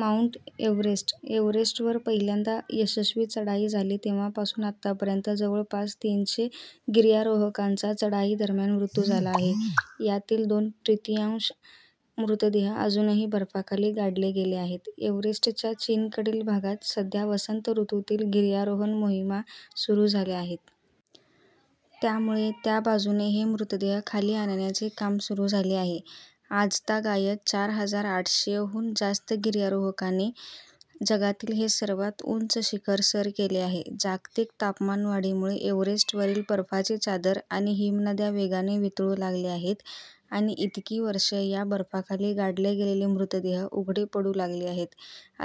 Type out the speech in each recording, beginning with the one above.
Mount Everest - एव्हरेस्टवर पहिल्यांदा यशस्वी चढाई झाली तेव्हापासून आतापर्यंत जवळपास तीनशे गिर्यारोहकांचा चढाईदरम्यान मृत्यू झाला आहे. यातील दोन तृतीयांश मृतदेह अजूनही बर्फाखाली गाडले गेले आहेत. एव्हरेस्टच्या चीनकडील भागात सध्या वसंत ऋतूतील गिर्यारोहण मोहिमा सुरू झाल्या आहेत. त्यामुळे त्या बाजूने हे मृतदेह खाली आणण्याचे काम सुरू झाले आहे. आजतागायत चार हजार आठशेहून जास्त गिर्यारोहकांनी जगातील हे सर्वात उंच शिखर सर केले आहे. "जागतिक तापमानवाढीमुळे एव्हरेस्टवरील बर्फाची चादर आणि हिमनद्या वेगाने वितळू लागल्या आहेत आणि इतकी वर्षे या बर्फाखाली गाडले गेलेले मृतदेह उघडे पडू लागले आहेत",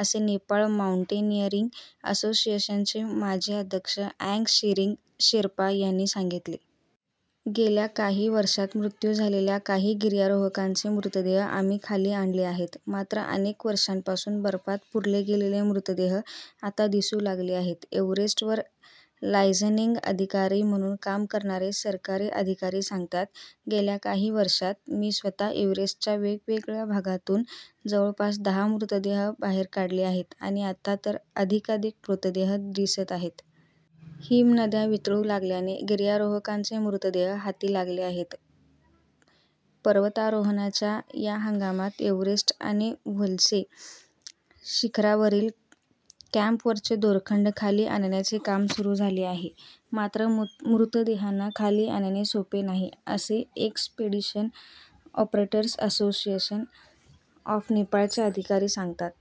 असे नेपाळ माउंटेनिअरिंग असोसिएशनचे माजी अध्यक्ष अँग शेरिंग शेर्पा यांनी सांगितले. "गेल्या काही वर्षांत मृत्यू झालेल्या काही गिर्यारोहकांचे मृतदेह आम्ही खाली आणले आहेत. मात्र अनेक वर्षांपासून बर्फात पुरले गेलेले मृतदेह आता दिसू लागले आहेत." एव्हरेस्टवर लायझनिंग अधिकारी म्हणून काम करणारे सरकारी अधिकारी सांगतात, "गेल्या काही वर्षांत मी स्वतः एव्हरेस्टच्या वेगवेगळ्या भागांतून जवळपास दहा मृतदेह बाहेर काढले आहेत आणि आता तर अधिकाधिक मृतदेह दिसत आहेत." हिमनद्या वितळू लागल्याने गिर्यारोहकांचे मृतदेह हाती लागले आहेत. पर्वतारोहणाच्या या हंगामात एव्हरेस्ट आणि ल्होत्से शिखरावरील कॅम्पवरचे दोरखंड खाली आणण्याचे काम सुरू झाले आहे. मात्र मृतदेहांना खाली आणणे सोपे नाही, असे एक्सपेडिशन ऑपरेटर्स असोसिएशन ऑफ नेपाळचे अधिकारी सांगतात.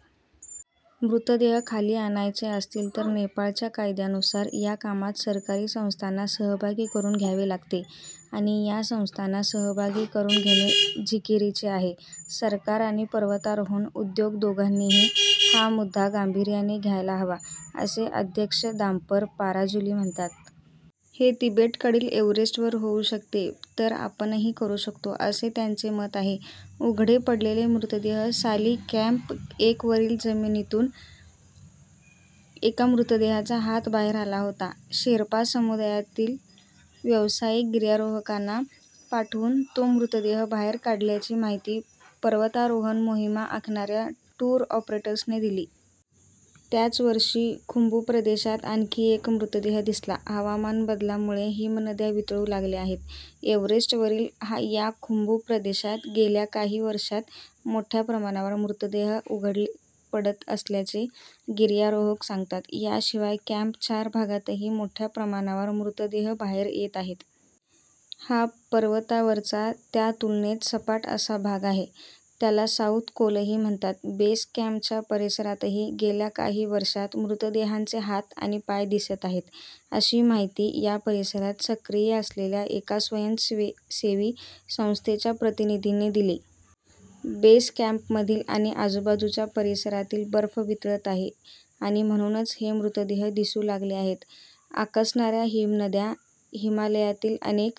मृतदेह खाली आणायचे असतील तर नेपाळच्या कायद्यानुसार या कामात सरकारी संस्थांना सहभागी करून घ्यावे लागते आणि या संस्थांना सहभागी करून घेणे जिकिरीचे आहे. "सरकार आणि पर्वतारोहण उद्योग दोघांनीही हा मुद्दा गांभीर्याने घ्यायला हवा", असे अध्यक्ष दाम्बर पाराज्युली म्हणतात. "हे तिबेटकडील एव्हरेस्टवर होऊ शकते तर आपणही करू शकतो", असे त्यांचे मत आहे. उघडे पडलेले मृतदेह - साली कॅम्प एकवरील जमिनीतून एका मृतदेहाचा हात बाहेर आला होता. शेर्पा समुदायातील व्यावसायिक गिर्यारोहकांना पाठवून तो मृतदेह बाहेर काढल्याची माहिती पर्वतारोहण मोहिमा आखणाऱ्या टूर ऑपरेटर्सने दिली. त्याच वर्षी खुंबू प्रदेशात आणखी एक मृतदेह दिसला. हवामान बदलामुळे हिमनद्या वितळू लागल्या आहेत. एव्हरेस्टवरील या खुंबू प्रदेशात गेल्या काही वर्षांत मोठ्या प्रमाणावर मृतदेह उघडे पडत असल्याचे गिर्यारोहक सांगतात. याशिवाय कॅम्प चार भागातही मोठ्या प्रमाणावर मृतदेह बाहेर येत आहेत. हा पर्वतावरचा त्या तुलनेत सपाट असा भाग आहे. त्याला साऊथ कोलही म्हणतात. "बेस कॅम्पच्या परिसरातही गेल्या काही वर्षांत मृतदेहांचे हात आणि पाय दिसत आहेत", अशी माहिती या परिसरात सक्रिय असलेल्या एका स्वयंसेवी संस्थेच्या प्रतिनिधीने दिली. "बेस कॅम्पमधील आणि आजूबाजूच्या परिसरातील बर्फ वितळत आहे आणि म्हणूनच हे मृतदेह दिसू लागले आहेत." आकसणाऱ्या हिमनद्या - हिमालयातील अनेक